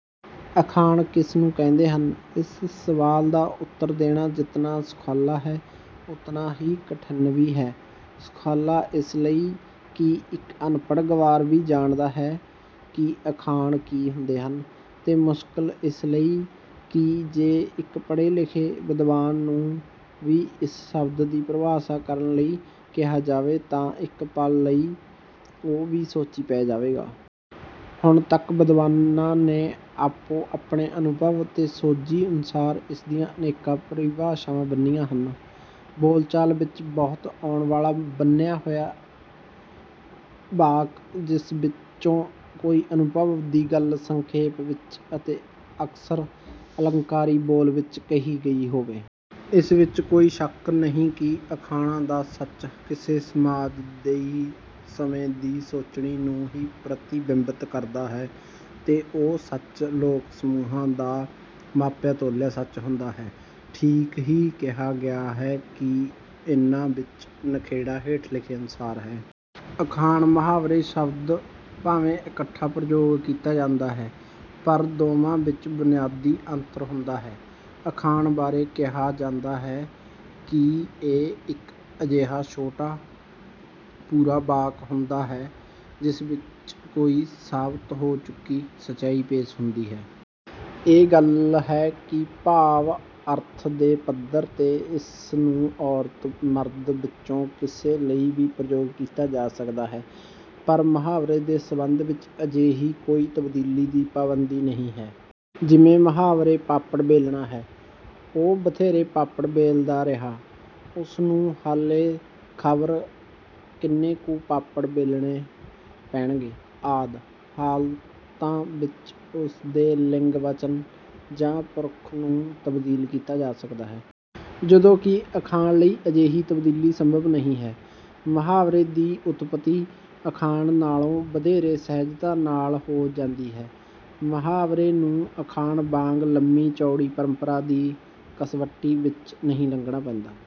ਅਖਾਣ ਕਿਸ ਨੂੰ ਕਹਿੰਦੇ ਹਨ ਇਸ ਸਵਾਲ ਦਾ ਉੱਤਰ ਦੇਣਾ ਜਿਤਨਾ ਸੁਖਾਲਾ ਹੈ ਉਤਨਾ ਹੀ ਕਠਿਨ ਵੀ ਹੈ। ਸੁਖਾਲਾ ਇਸ ਲਈ ਕਿ ਇੱਕ ਅਨਪੜ੍ਹ ਗੰਵਾਰ ਵੀ ਜਾਣਦਾ ਹੈ ਕਿ ਅਖਾਣ ਕੀ ਹੁੰਦੇ ਹਨ ਤੇ ਮੁਸ਼ਕਲ ਇਸ ਲਈ ਕਿ ਜੇ ਇੱਕ ਪੜ੍ਹੇ ਲਿਖੇ ਵਿਦਵਾਨ ਨੂੰ ਵੀ ਇਸ ਸ਼ਬਦ ਦੀ ਪਰਿਭਾਸ਼ਾ ਕਰਨ ਲਈ ਕਹਿਆ ਜਾਵੇ ਤਾਂ ਇੱਕ ਪਲ ਲਈ ਉਹ ਵੀ ਸੋਚੀ ਪੈ ਜਾਵੇਗਾ। ਹੁਣ ਤੱਕ ਵਿਦਵਾਨਾਂ ਨੇ ਆਪੋ ਆਪਣੇ ਅਨੁਭਵ ਤੇ ਸੋਝੀ ਅਨੁਸਾਰ ਇਸ ਦੀਆਂ ਅਨੇਕਾਂ ਪਰਿਭਾਸ਼ਾਵਾਂ ਬੰਨ੍ਹੀਆਂ ਹਨ। ਬੋਲਚਾਲ ਵਿੱਚ ਬਹੁਤ ਆਉਣ ਵਾਲਾ ਬੰਨ੍ਹਿਆ ਹੋਇਆ ਵਾਕ ਜਿਸ ਵਿੱਚੋ ਕੋਈ ਅਨੁਭਵ ਦੀ ਗੱਲ ਸੰਖੇਪ ਵਿੱਚ ਅਤੇ ਅਕਸਰ ਅਲੰਕਾਰੀ ਬੋਲ ਵਿੱਚ ਕਹੀ ਗਈ ਹੋਵੇ। ਇਸ ਵਿੱਚ ਕੋਈ ਸ਼ੱਕ ਨਹੀਂ ਕਿ ਅਖਾਣਾਂ ਦਾ ਸੱਚ ਕਿਸੇ ਸਮਾਜ ਦੀ ਸਮੇਂ ਦੀ ਸੋਚਣੀ ਨੂੰ ਹੀ ਪ੍ਰਤੀਬਿੰਬਤ ਕਰਦਾ ਹੈ ਤੇ ਉਹ ਸੱਚ ਲੋਕ ਸਮੂਹ ਦਾ ਮਾਪਿਆਂ ਤੋਲਿਆ ਸੱਚ ਹੁੰਦਾ ਹੈ। ਠੀਕ ਹੀ ਕਿਹਾ ਗਿਆ ਹੈ ਕਿ ਇਹਨਾਂ ਵਿੱਚ ਨਿਖੇੜਾ ਹੇਠ ਲਿਖੇ ਅਨੁਸਾਰ ਹੈ। ਅਖਾਣ ਮੁਹਾਵਰੇ ਸ਼ਬਦ ਭਾਵੇਂ ਇਕੱਠਾ ਪ੍ਰਯੋਗ ਕੀਤਾ ਜਾਂਦਾ ਹੈ ਪਰ ਦੋਵਾਂ ਵਿੱਚ ਬੁਨਿਆਦੀ ਅੰਤਰ ਹੁੰਦਾ ਹੈ। ਅਖਾਣ ਬਾਰੇ ਕਿਹਾ ਜਾਂਦਾ ਹੈ ਕਿ ਇਹ ਇੱਕ ਅਜਿਹਾ ਛੋਟਾ ਪੂਰਾ ਵਾਕ ਹੁੰਦਾ ਹੈ ਜਿਸ ਵਿੱਚ ਕੋਈ ਸਾਬਤ ਹੋ ਚੁੱਕੀ ਸੱਚਾਈ ਪੇਸ਼ ਹੁੰਦੀ ਹੈ। ਇਹ ਗੱਲ ਹੈ ਕਿ ਭਾਵ ਅਰਥ ਦੇ ਪੱਧਰ ਤੇ ਇਸ ਨੂੰ ਔਰਤ ਮਰਦ ਵਿੱਚੋਂ ਕਿਸੇ ਲਈ ਵੀ ਪ੍ਰਯੋਗ ਕੀਤਾ ਜਾ ਸਕਦਾ ਹੈ ਪਰ ਮੁਹਾਵਰੇ ਦੇ ਸੰਬੰਧ ਵਿੱਚ ਅਜਿਹੀ ਕੋਈ ਤਬਦੀਲੀ ਦੀ ਪਾਬੰਦੀ ਨਹੀਂ ਹੈ। ਜਿਵੇਂ ਮੁਹਾਵਰੇ ਪਾਪੜ ਵੇਲਣਾ ਹੈ। ਉਹ ਬਥੇਰੇ ਪਾਪੜ ਬੇਲਦਾ ਰਿਹਾ ਉਸ ਨੂੰ ਹਾਲੇ ਖਬਰ ਕਿੰਨੇ ਕੁ ਪਾਪੜ ਬੇਲਣੇ ਪੈਣਗੇ ਆਦਿ ਹਾਲਤਾਂ ਵਿੱਚ ਉਸ ਦੇ ਲਿੰਗ ਵਚਨ ਜਾਂ ਪੁਰਖ ਨੂੰ ਤਬਦੀਲ ਕੀਤਾ ਜਾ ਸਕਦਾ ਹੈ। ਜਦੋਂ ਕਿ ਅਖਾਣ ਲਈ ਅਜਿਹੀ ਤਬਦੀਲੀ ਸੰਭਵ ਨਹੀਂ ਹੈ। ਮੁਹਾਵਰੇ ਦੀ ਉਤਪੱਤੀ ਅਖਾਣ ਨਾਲੋਂ ਵਧੇਰੇ ਸਹਿਜਤਾ ਨਾਲ ਹੋ ਜਾਂਦੀ ਹੈ। ਮੁਹਾਵਰੇ ਨੂੰ ਅਖਾਣ ਵਾਂਗ ਲੰਬੀ ਚੌੜੀ ਪਰੰਪਰਾ ਦੀ ਕਸਵੱਟੀ ਵਿੱਚ ਨਹੀਂ ਲੰਘਦਾ ਪੈਂਦਾ।